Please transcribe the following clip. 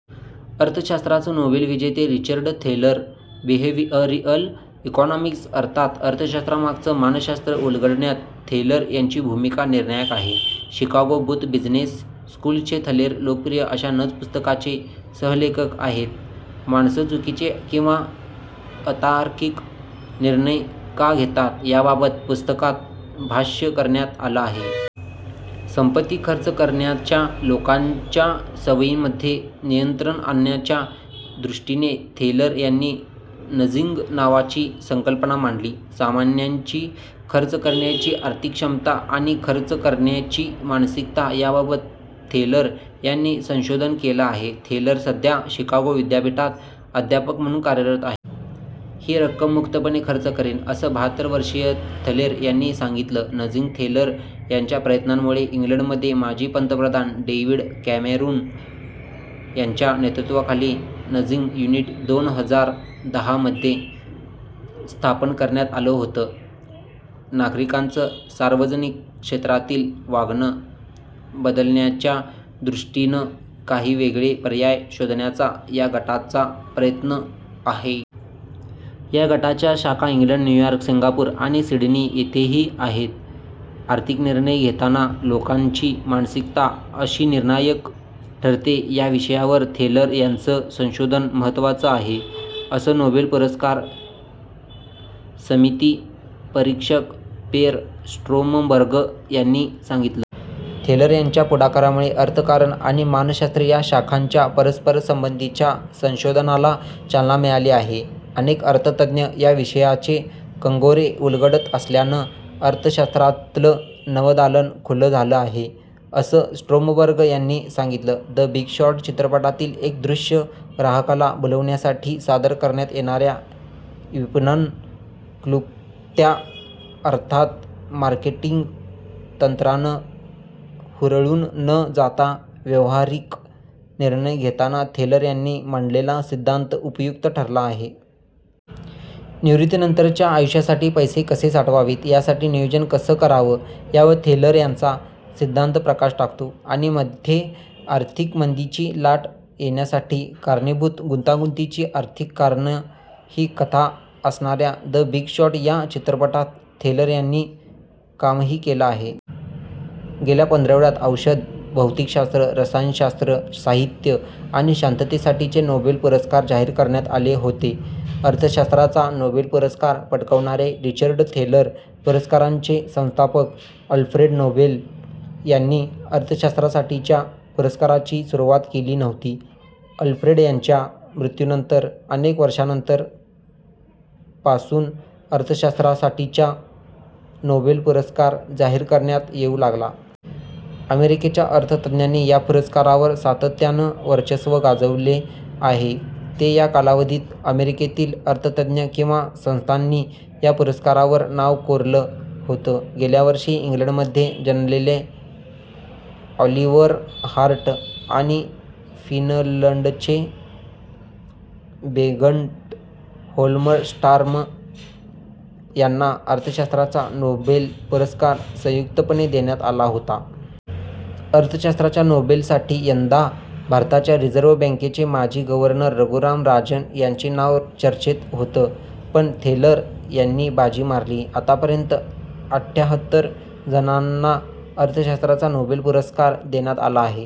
अर्थशास्त्राचं Nobel विजेते Richard Thaler 'behavioural economics' अर्थात अर्थशास्त्रामागचं मानसशास्त्र उलगडण्यात थेलर यांची भूमिका निर्णायक आहे. शिकागो बूथ बिझनेस स्कूलचे थलेर लोकप्रिय अशा 'नज' पुस्तकाचे सहलेखक आहेत. माणसं चुकीचे किंवा अतार्किक निर्णय का घेतात याबाबत पुस्तकात भाष्य करण्यात आलं आहे. संपत्ती खर्च करण्याच्या लोकांच्या सवयींमध्ये नियंत्रण आणण्याच्या दृष्टीने थेलर यांनी नजिंग नावाची संकल्पना मांडली. सामान्यांची खर्च करण्याची आर्थिक क्षमता आणि खर्च करण्याची मानसिकता याबाबत थेलर यांनी संशोधन केलं आहे. थेलर सध्या शिकागो विद्यापीठात अध्यापक म्हणून कार्यरत आहेत. ही रक्कम मुक्तपणे खर्च करेन असं बहात्तर वर्षीय थलेर यांनी सांगितलं नजिंग थेलर यांच्या प्रयत्नांमुळे इंग्लंडमध्ये माजी पंतप्रधान डेव्हिड कॅमेरुन यांच्या नेतृत्वाखाली नजिंग युनिट दोन हजार दहा मध्ये स्थापन करण्यात आलं होतं. नागरिकांचं सार्वजनिक क्षेत्रातील वागणं बदलण्याच्या दृष्टीनं काही वेगळे पर्याय शोधण्याचा या गटाचा प्रयत्न आहे. या गटाच्या शाखा इंग्लंड, न्यूयॉर्क, सिंगापूर आणि सिडनी इथेही आहेत. आर्थिक निर्णय घेताना लोकांची मानसिकता कशी निर्णायक ठरते या विषयावर थेलर यांचं संशोधन महत्त्वाचं आहे असं नोबेल पुरस्कार समिती परीक्षक पेर स्ट्रोमबर्ग यांनी सांगितलं. थेलर यांच्या पुढाकारामुळे अर्थकारण आणि मानसशास्त्र या शाखांच्या परस्परसंबंधीच्या संशोधनाला चालना मिळाली आहे. अनेक अर्थतज्ञ या विषयाचे कंगोरे उलगडत असल्यानं अर्थशास्त्रातलं नवं दालन खुलं झालं आहे असं स्ट्रोमबर्ग यांनी सांगितलं. द बिग शॉर्ट चित्रपटातील एक दृश्य ग्राहकाला भुलवण्यासाठी सादर करण्यात येणाऱ्या विपणन क्लृप्त्या अर्थात मार्केटिंग तंत्रानं हुरळून न जाता व्यावहारिक निर्णय घेताना थेलर यांनी मांडलेला सिद्धांत उपयुक्त ठरला आहे. निवृत्तीनंतरच्या आयुष्यासाठी पैसे कसे साठवावेत यासाठी नियोजन कसं करावं यावर थेलर यांचा सिद्धांत प्रकाश टाकतो. आणि मध्ये आर्थिक मंदीची लाट येण्यासाठी कारणीभूत गुंतागुंतीची आर्थिक कारणं ही कथा असणाऱ्या 'द बिग शॉर्ट' या चित्रपटात थेलर यांनी कामही केलं होतं. गेल्या पंधरवड्यात औषध, भौतिकशास्त्र, रसायनशास्त्र, साहित्य आणि शांततेसाठीचे नोबेल पुरस्कार जाहीर करण्यात आले होते. अर्थशास्त्राचा नोबेल पुरस्कार पटकावणारे रिचर्ड थेलर पुरस्कारांचे संस्थापक अल्फ्रेड नोबेल यांनी अर्थशास्त्रासाठीच्या पुरस्काराची सुरुवात केली नव्हती. अल्फ्रेड यांच्या मृत्यूनंतर अनेक वर्षानंतर पासून अर्थशास्त्रासाठीचा नोबेल पुरस्कार जाहीर करण्यात येऊ लागला. अमेरिकेच्या अर्थतज्ज्ञांनी या पुरस्कारावर सातत्यानं वर्चस्व गाजवले आहे. ते या कालावधीत अमेरिकेतील अर्थतज्ज्ञ किंवा संस्थांनी या पुरस्कारावर नाव कोरलं होतं. गेल्यावर्षी इंग्लंडमध्ये जन्मलेले ऑलिव्हर हार्ट आणि फिनलंडचे बेंगट होल्मस्टॉर्म यांना अर्थशास्त्राचा नोबेल पुरस्कार संयुक्तपणे देण्यात आला होता. अर्थशास्त्राच्या नोबेलसाठी यंदा भारताच्या रिझर्व्ह बँकेचे माजी गव्हर्नर रघुराम राजन यांचे नाव चर्चेत होतं. पण थेलर यांनी बाजी मारली. आतापर्यंत अठ्ठ्याहत्तर जणांना अर्थशास्त्राचा नोबेल पुरस्कार देण्यात आला आहे.